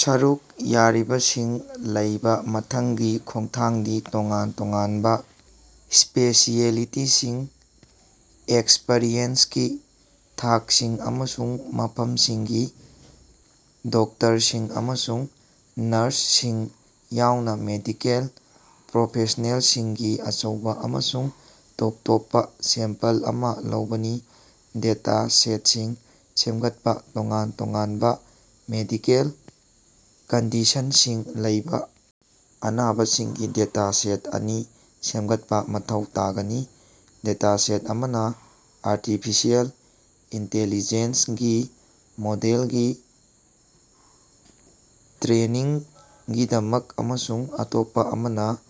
ꯁꯔꯨꯛ ꯌꯥꯔꯤꯕꯁꯤꯡ ꯂꯩꯕ ꯃꯊꯪꯒꯤ ꯈꯣꯡꯊꯥꯡꯗꯤ ꯇꯣꯉꯥꯟ ꯇꯣꯉꯥꯟꯕ ꯁ꯭ꯄꯦꯁꯤꯑꯦꯂꯤꯇꯤꯁꯤꯡ, ꯑꯦꯛꯁꯄꯔꯤꯌꯦꯟꯁꯀꯤ ꯊꯥꯛꯁꯤꯡ, ꯑꯃꯁꯨꯡ ꯃꯐꯝꯁꯤꯡꯒꯤ ꯗꯣꯛꯇꯔꯁꯤꯡ ꯑꯃꯁꯨꯡ ꯅꯔꯁꯁꯤꯡ ꯌꯥꯎꯅ ꯃꯦꯗꯤꯀꯦꯜ ꯄ꯭ꯔꯣꯐꯦꯁ꯭ꯅꯦꯜꯁꯤꯡꯒꯤ ꯑꯆꯧꯕ ꯑꯃꯁꯨꯡ ꯇꯣꯞ ꯇꯣꯞꯄ ꯁꯦꯝꯄꯜ ꯑꯃꯥ ꯂꯧꯕꯅꯤ꯫ ꯗꯦꯇꯥ ꯁꯦꯠꯁꯤꯡ ꯁꯦꯝꯒꯠꯄꯥ: ꯇꯣꯉꯥꯟ ꯇꯣꯉꯥꯟꯕ ꯃꯦꯗꯤꯀꯦꯜ ꯀꯟꯗꯤꯁꯟꯁꯤꯡ ꯂꯩꯕ ꯑꯅꯥꯕꯁꯤꯡꯒꯤ ꯗꯦꯇꯥ ꯁꯦꯠ ꯑꯅꯤ ꯁꯦꯝꯒꯠꯄꯥ ꯃꯊꯧ ꯇꯥꯒꯅꯤ꯫ ꯗꯦꯇꯥ ꯁꯦꯠ ꯑꯃꯅꯥ ꯑꯥꯔꯇꯤꯐꯤꯁꯤꯑꯦꯜ ꯏꯟꯇ‌ꯦꯂꯤꯖ‌ꯦꯟꯁꯒꯤ ꯃꯣꯗꯦꯜꯒꯤ ꯇ꯭ꯔꯦꯅꯤꯡꯒꯤꯗꯃꯛ ꯑꯃꯁꯨꯡ ꯑꯇꯣꯞꯄꯥ ꯑꯃꯅ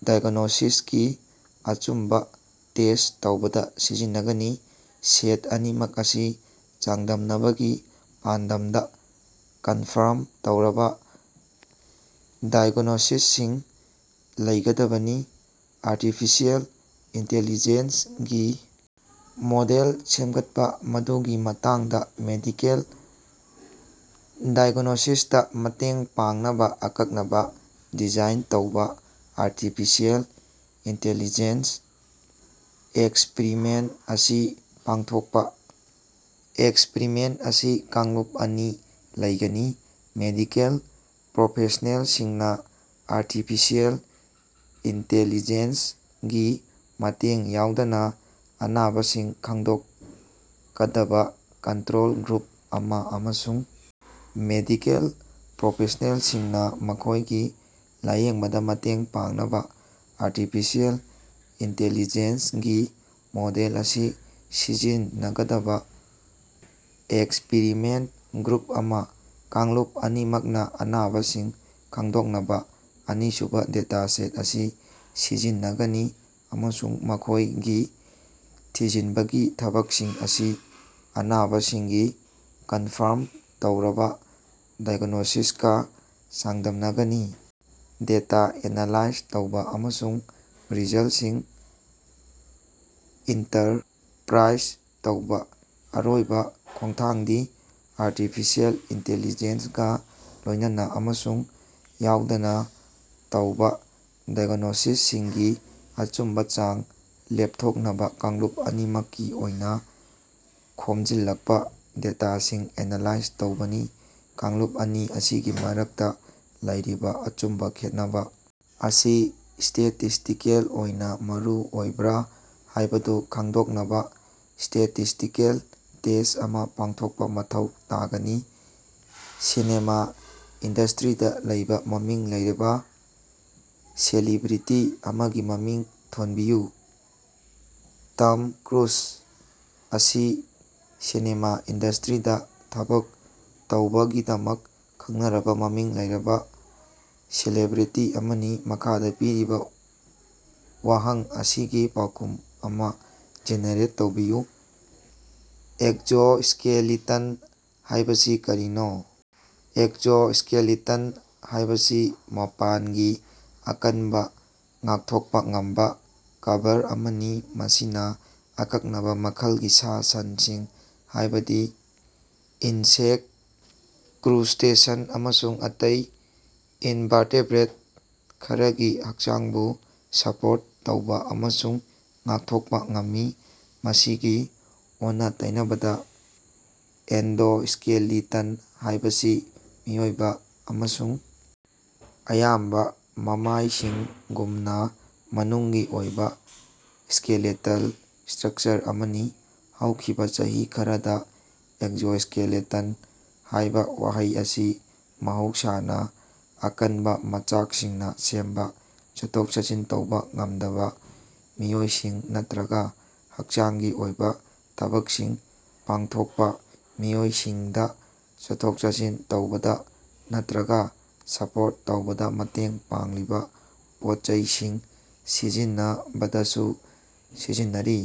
ꯗꯥꯏꯒ꯭ꯅꯣꯁꯤꯁꯀꯤ ꯑꯆꯨꯝꯕ ꯇꯦꯁ꯭ꯠ ꯇꯧꯕꯗ ꯁꯤꯖꯤꯟꯅꯒꯅꯤ꯫ ꯁꯦꯠ ꯑꯅꯤꯃꯛ ꯑꯁꯤ ꯆꯥꯡꯗꯝꯅꯕꯒꯤ ꯄꯥꯟꯗꯝꯗ ꯀꯟꯐꯥꯔꯝ ꯇꯧꯔꯕ ꯗꯥꯏꯑꯦꯒ꯭ꯅꯣꯁꯤꯁꯁꯤꯡ ꯂꯩꯒꯗꯕꯅꯤ꯫ ꯑꯥꯔꯇꯤꯐꯤꯁꯤꯑꯦꯜ ꯏꯟꯇ‌ꯦꯂꯤꯖ‌ꯦꯟꯁꯒꯤ ꯃꯣꯗꯦꯜ ꯁꯦꯝꯒꯠꯄꯥ: ꯃꯗꯨꯒꯤ ꯃꯇꯥꯡꯗꯥ ꯃꯦꯗꯤꯀꯦꯜ ꯗꯥꯏꯒ꯭ꯅꯣꯁꯤꯁꯇꯥ ꯃꯇꯦꯡ ꯄꯥꯡꯅꯕ ꯑꯀꯛꯅꯅꯥ ꯗꯤꯖꯥꯏꯟ ꯇꯧꯕꯥ ꯑꯥꯔꯇꯤꯐꯤꯁꯤꯑꯦꯜ ꯏꯟꯇ‌ꯦꯂꯤꯖ‌ꯦꯟꯁ ꯑꯦꯛꯁꯄꯔꯤꯃꯦꯟꯠ ꯑꯁꯤ ꯄꯥꯡꯊꯣꯛꯄꯥ: ꯑꯦꯛꯁꯄꯔꯤꯃꯦꯟꯠ ꯑꯁꯤ ꯀꯥꯡꯂꯨꯞ ꯑꯅꯤ ꯂꯩꯒꯅꯤ; ꯃꯦꯗꯤꯀꯦꯜ ꯄ꯭ꯔꯣꯐꯦꯁ꯭ꯅꯦꯜꯁꯤꯡꯅ ꯑꯥꯔꯇꯤꯐꯤꯁꯤꯑꯦꯜ ꯏꯟꯇ‌ꯦꯂꯤꯖ‌ꯦꯟꯁꯒꯤ ꯃꯇꯦꯡ ꯌꯥꯎꯗꯅ ꯑꯅꯥꯕꯁꯤꯡ ꯈꯪꯗꯣꯛꯀꯗꯕ ꯀꯟꯇꯔꯣꯜ ꯒ꯭ꯔꯨꯞ ꯑꯃꯥ ꯑꯃꯁꯨꯡ ꯃꯦꯗꯤꯀꯦꯜ ꯄ꯭ꯔꯣꯐꯦꯁ꯭ꯅꯦꯜꯁꯤꯡꯅ ꯃꯈꯣꯏꯒꯤ ꯂꯥꯌꯦꯡꯕꯗ ꯃꯇꯦꯡ ꯄꯥꯡꯅꯕꯥ ꯑꯥꯔꯇꯤꯐꯤꯁꯤꯑꯦꯜ ꯏꯟꯇ‌ꯦꯂꯤꯖ‌ꯦꯟꯁꯒꯤ ꯃꯣꯗꯦꯜ ꯑꯁꯤ ꯁꯤꯖꯤꯟꯅꯒꯗꯕ ꯑꯦꯛꯁꯄꯤꯔꯤꯃꯦꯟꯠ ꯒ꯭ꯔꯨꯞ ꯑꯃꯥ꯫ ꯀꯥꯡꯂꯨꯞ ꯑꯅꯤꯃꯛꯅꯥ ꯑꯅꯥꯕꯁꯤꯡ ꯈꯪꯗꯣꯛꯅꯕ ꯑꯅꯤꯁꯨꯕ ꯗꯦꯇꯥ ꯁꯦꯠ ꯑꯁꯤ ꯁꯤꯖꯤꯟꯅꯒꯅꯤ, ꯑꯃꯁꯨꯡ ꯃꯈꯣꯏꯒꯤ ꯊꯤꯖꯤꯟꯕꯒꯤ ꯊꯕꯛꯁꯤꯡ ꯑꯁꯤ ꯑꯅꯥꯕꯁꯤꯡꯒꯤ ꯀꯟꯐꯔꯝ ꯇꯧꯔꯕ ꯗꯥꯏꯒ꯭ꯅꯣꯁꯤꯁꯀꯥ ꯆꯥꯡꯗꯝꯅꯒꯅꯤ꯫ ꯗꯦꯇꯥ ꯑꯦꯅꯥꯂꯥꯏꯖ ꯇꯧꯕ ꯑꯃꯁꯨꯡ ꯔꯤꯖꯜꯠꯁꯤꯡ ꯏꯟꯇꯔꯄꯔꯥꯏꯖ ꯇꯧꯕꯥ: ꯑꯔꯣꯏꯕ ꯈꯣꯡꯊꯥꯡꯗꯤ ꯑꯥꯔꯇꯤꯐꯤꯁꯤꯑꯦꯜ ꯏꯟꯇ‌ꯦꯂꯤꯖ‌ꯦꯟꯁꯒꯥ ꯂꯣꯏꯅꯅꯥ ꯑꯃꯁꯨꯡ ꯌꯥꯎꯗꯅ ꯇꯧꯕ ꯗꯥꯏꯒ꯭ꯅꯣꯁꯤꯁꯁꯤꯡꯒꯤ ꯑꯆꯨꯝꯕ ꯆꯥꯡ ꯂꯦꯞꯊꯣꯛꯅꯕ ꯀꯥꯡꯂꯨꯞ ꯑꯅꯤꯃꯛꯀꯤ ꯑꯣꯏꯅ ꯈꯣꯝꯖꯤꯜꯂꯛꯄ ꯗꯦꯇꯥꯁꯤꯡ ꯑꯦꯅꯥꯂꯥꯏꯖ ꯇꯧꯕꯅꯤ꯫ ꯀꯥꯡꯂꯨꯞ ꯑꯅꯤ ꯑꯁꯤꯒꯤ ꯃꯔꯛꯇ ꯂꯩꯔꯤꯕ ꯑꯆꯨꯝꯕ ꯈꯦꯠꯅꯕ ꯑꯁꯤ ꯁ꯭ꯇꯦꯇꯤꯁ꯭ꯇꯤꯀꯦꯜ ꯑꯣꯏꯅ ꯃꯔꯨ ꯑꯣꯏꯕꯔꯥ ꯍꯥꯏꯕꯗꯨ ꯈꯪꯗꯣꯛꯅꯕꯥ ꯁ꯭ꯇꯦꯇꯤꯁ꯭ꯇꯤꯀꯦꯜ ꯇꯦꯁ꯭ꯠ ꯑꯃꯥ ꯄꯥꯡꯊꯣꯛꯄꯥ ꯃꯊꯧ ꯇꯥꯒꯅꯤ꯫ ꯁꯤꯅꯦꯃꯥ ꯏꯟꯗꯁ꯭ꯇꯔꯤꯗꯥ ꯂꯩꯕ ꯃꯃꯤꯡ ꯂꯩꯔꯕ ꯁꯦꯂꯤꯕ꯭ꯔꯦꯇꯤ ꯑꯃꯒꯤ ꯃꯃꯤꯡ ꯊꯣꯟꯕꯤꯌꯨ꯫ ꯇꯝ ꯀ꯭ꯔꯨꯏꯖ ꯑꯁꯤ ꯁꯤꯅꯦꯃꯥ ꯏꯟꯗꯁ꯭ꯇꯔꯤꯗꯥ ꯊꯕꯛ ꯇꯧꯕꯒꯤꯗꯃꯛ ꯈꯪꯅꯔꯕ ꯃꯃꯤꯡ ꯂꯩꯔꯕ ꯁꯦꯂꯤꯕ꯭ꯔꯦꯇꯤ ꯑꯃꯅꯤ꯫ ꯃꯈꯥꯗ ꯄꯤꯔꯤꯕ ꯋꯥꯍꯪ ꯑꯁꯤꯒꯤ ꯄꯥꯎꯈꯨꯝ ꯑꯃꯥ ꯖꯦꯅꯦꯔꯦꯠ ꯇꯧꯕꯤꯌꯨ꯫ ꯑꯦꯛꯁꯣꯁ꯭ꯀꯦꯂꯤꯇꯟ ꯍꯥꯏꯕꯁꯤ ꯀꯔꯤꯅꯣ? ꯑꯦꯛꯁꯣꯁ꯭ꯀꯦꯂꯤꯇꯟ ꯍꯥꯏꯕꯁꯤ ꯃꯄꯥꯟꯒꯤ, ꯑꯀꯟꯕ, ꯉꯥꯛꯊꯣꯛꯄꯥ ꯉꯝꯕ ꯀꯚꯔ ꯑꯃꯅꯤ, ꯃꯁꯤꯅ ꯑꯀꯛꯅꯕ ꯃꯈꯜꯒꯤ ꯁꯥ ꯁꯟꯁꯤꯡ ꯍꯥꯏꯕꯗꯤ ꯏꯟꯁꯦꯛꯠ, ꯀ꯭ꯔꯨꯁ꯭ꯇꯦꯁꯟ ꯑꯃꯁꯨꯡ ꯑꯇꯩ ꯏꯟꯚꯥꯔꯇꯦꯕ꯭ꯔꯦꯠ ꯈꯔꯒꯤ ꯍꯛꯆꯥꯡꯕꯨ ꯁꯄꯣꯔꯠ ꯇꯧꯕ ꯑꯃꯁꯨꯡ ꯉꯥꯛꯊꯣꯛꯄ ꯉꯝꯃꯤ꯫ ꯃꯁꯤꯒꯤ ꯑꯣꯟꯅ ꯇꯩꯅꯕꯗꯥ, ꯑꯦꯟꯗꯣꯁ꯭ꯀꯦꯂꯤꯇꯟ ꯍꯥꯏꯕꯁꯤ ꯃꯤꯑꯣꯏꯕ ꯑꯃꯁꯨꯡ ꯑꯌꯥꯝꯕ ꯃꯃꯥꯏꯁꯤꯡꯒꯨꯝꯅ ꯃꯅꯨꯡꯒꯤ ꯑꯣꯏꯕꯥ ꯁ꯭ꯀꯦꯂꯦꯇꯜ ꯁ꯭ꯇꯔꯛꯆꯔ ꯑꯃꯅꯤ꯫ ꯍꯧꯈꯤꯕꯥ ꯆꯍꯤ ꯈꯔꯗꯥ, ꯑꯦꯛꯁꯣꯁ꯭ꯀꯦꯂꯤꯇꯟ ꯍꯥꯏꯕ ꯋꯥꯍꯩ ꯑꯁꯤ ꯃꯍꯧꯁꯥꯅꯥ ꯑꯀꯟꯕ ꯃꯆꯥꯛꯁꯤꯡꯅ ꯁꯦꯝꯕꯥ, ꯆꯠꯊꯣꯛ-ꯆꯠꯁꯤꯟ ꯇꯧꯕ ꯉꯝꯗꯕ ꯃꯤꯑꯣꯏꯁꯤꯡ ꯅꯠꯇꯔꯒꯥ ꯍꯛꯆꯥꯡꯒꯤ ꯑꯣꯏꯕ ꯊꯕꯛꯁꯤꯡ ꯄꯥꯡꯊꯣꯛꯄꯥ ꯃꯤꯑꯣꯏꯁꯤꯡꯗ ꯆꯠꯊꯣꯛ ꯆꯠꯁꯤꯟ ꯇꯧꯕꯗ ꯅꯠꯇꯔꯒ ꯁꯄꯣꯔꯠ ꯇꯧꯕꯗ ꯃꯇꯦꯡ ꯄꯥꯡꯂꯤꯕ ꯄꯣꯠꯆꯩꯁꯤꯡ ꯁꯤꯖꯤꯟꯅꯕꯗꯁꯨ ꯁꯤꯖꯤꯟꯅꯔꯤ꯫